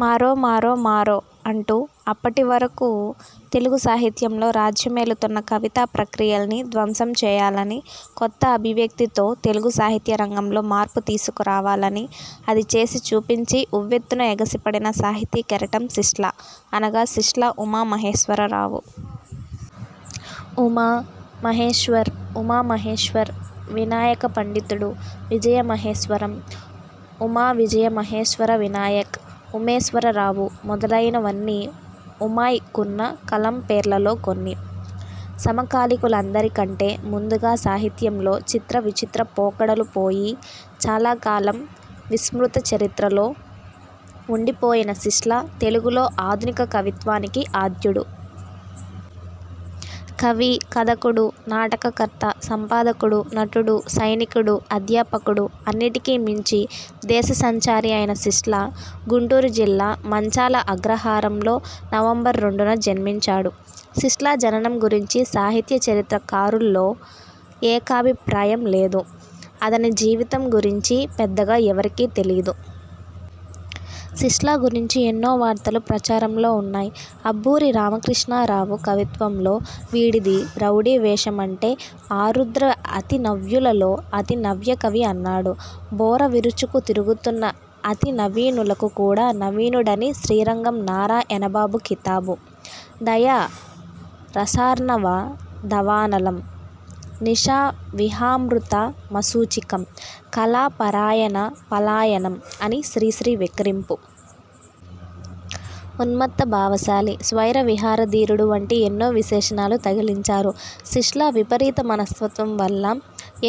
మారో మారో మారో' అంటూ అప్పటి వరకు తెలుగు సాహిత్యంలో రాజ్య మేలుతున్న కవితా ప్రక్రియల్ని ధ్వంసం చేయాలని, కొత్త అభివ్యక్తి తో తెలుగు సాహిత్య రంగంలో మార్పు తీసుకు రావాలని, అది చేసి చూపించి, ఉవ్వెత్తున ఎగిసిపడిన సాహితీ కెరటం శిష్ట్లా, అనగా శిష్ట్లా ఉమా మహేశ్వర రావు. ఉమా, మహేశ్వర్, ఉమా మహేశ్వర్, వినాయక పండితుడు, విజయ మహేశ్వరం, ఉమా విజయ మహేశ్వర వినాయక్, ఉమేశ్వర రావు మొదలైన వన్నీ 'ఉమాయ్'కున్న కలం పేర్లలో కొన్ని. సమకాలికులందరికంటే ముందుగా సాహిత్యంలో చిత్ర విచిత్ర పోకడలు పోయి, చాలా కాలం విస్మృత చరిత్రలో ఉండి పోయిన శిష్ట్లా తెలుగులో ఆధునిక కవిత్వానికి ఆద్యుడు. కవి, కథకుడు, నాటక కర్త, సంపాదకుడు, నటుడు, సైనికుడు, అధ్యాపకుడు, అన్నిటికీ మించి దేశ సంచారి అయిన శిష్ట్లా గుంటూరు జిల్లా మంచాళ అగ్రహారంలో, నవంబర్ రెండున జన్మించాడు. శిష్ట్లా జననం గురించి సాహిత్య చరిత్ర కారుల్లో ఏకాభి ప్రాయం లేదు. అతని జీవితం గురించి పెద్దగా ఎవరికీ తెలీదు. శిష్ట్లా గురించి ఎన్నో వార్తలు ప్రచారంలో ఉన్నాయ్. అబ్బూరి రామకృష్ణా రావు కవిత్వంలో వీడిది రౌడీ వేషం అంటే, ఆరుద్ర అతి నవ్యులలో అతి నవ్యకవి అన్నాడు. బోర విరుచుకు తిరుగుతున్న అతి నవీనులకు కూడా నవీనుడని శ్రీరంగం నారా యణబాబు కితాబు. దయా రసార్ణవ దవానలం, నిషా విహామృత మశూచికం, కళా పరాయణ పలాయనం అని శ్రీశ్రీ వెక్కిరింపు. ఉన్మత్త భావశాలి, స్వైర విహారధీరుడు వంటి ఎన్నో విశేషణాలు తగిలించారు. శిష్ట్లా విపరీత మనస్తత్వం వల్ల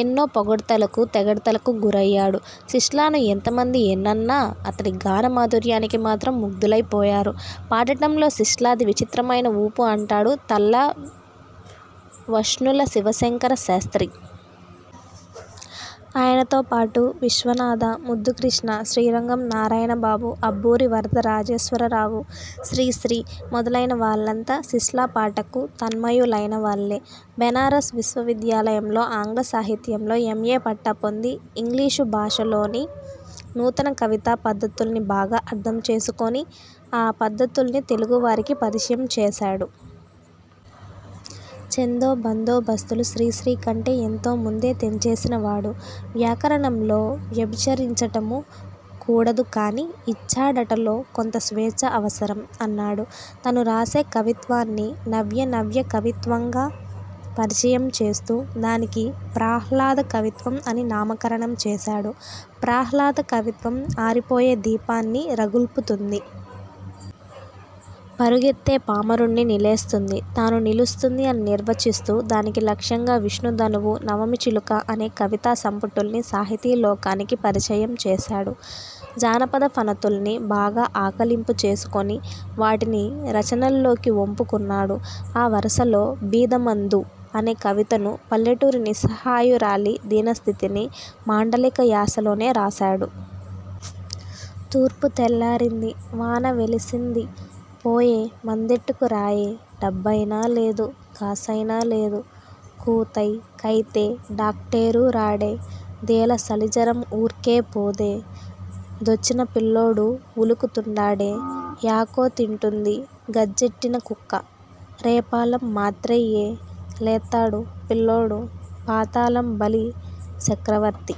ఎన్నో పొగడ్తలకు, తెగడ్తలకు గురయ్యాడు. శిష్ట్లాను ఎంత మంది ఎన్నన్నా అతడి గాన మాధుర్యానికి మాత్రం ముగ్ధులై పోయారు. పాడటంలో శిష్ట్లాది విచిత్రమైన ఊపు అంటాడు తల్లా వఝ్ఝల శివశంకర శాస్త్రి. ఆయనతో పాటు, విశ్వనాథ, ముద్దు కృష్ణ, శ్రీరంగం నారాయణ బాబు, అబ్బూరి వరద రాజేశ్వర రావు, శ్రీశ్రీ మొదలైన వాళ్లంతా శిష్ట్లా పాటకు తన్మయు లైనవాళ్లే. బెనారస్ విశ్వ విద్యాలయంలో ఆంగ్ల సాహిత్యంలో ఎం. ఏ. పట్టా పొంది, ఇంగ్లీషు భాషలోని నూతన కవితా పద్ధతుల్ని బాగా అర్థం చేసుకుని, ఆ పద్ధతుల్ని తెలుగు వారికి పరిచయం చేశాడు. ఛందో బందో బస్తులు శ్రీశ్రీ కంటే ఎంతో ముందే తెంచేసిన వాడు. ''వ్యాకరణంలో వ్యభిచరించటము కూడదు కాని ఇచ్చాడట లో కొంత స్వేచ్ఛ అవసరం! అన్నాడు. తను రాసే కవిత్వాన్ని నవ్య నవ్యకవిత్వంగా పరిచయం చేస్తూ, దానికి ప్రాహ్లాద కవిత్వం అని నామకరణం చేశాడు. ప్రాహ్లాద కవిత్వం ఆరిపోయే దీపాన్ని రగుల్పుతుంది! పరుగెత్తే పామరుణ్ణి నిలేస్తుంది! తాను నిలుస్తుంది అని నిర్వచిస్తూ, దానికి లక్ష్యంగా విష్ణు ధనువు, నవమి చిలుక అనే కవితా సంపుటుల్ని సాహితీ లోకానికి పరిచయం చేశాడు. జానపద ఫణుతుల్ని బాగా ఆకళింపు చేసుకుని, వాటిని రచనల్లోకి ఒంపు కున్నాడు. ఆ వరుసలో 'బీదమందు' అనే కవితను పల్లెటూరి నిస్సహాయురాలి దీనస్థితిని మాండలిక యాసలోనే రాశాడు. 'తూర్పు తెల్లారింది, వాన వెలిసింది! పోయే మందెట్టుకు రాయే! డబ్బైనా లేదు. కాసైనా లేదు! కూత్తె కేౖతే డాక్టేరు రాడే! దేళ సలిజరం ఊర్కే పోదే! దొచ్చిన పిల్లోడు ఉలుకు తుండాడే! యాకో తింటుంది గజ్జెట్టిన కుక్క! రేపాళం మాత్రెయ్యే, లేత్తాడు, పిల్లోడు! పాతాళం బలి సెక్రవర్తీ!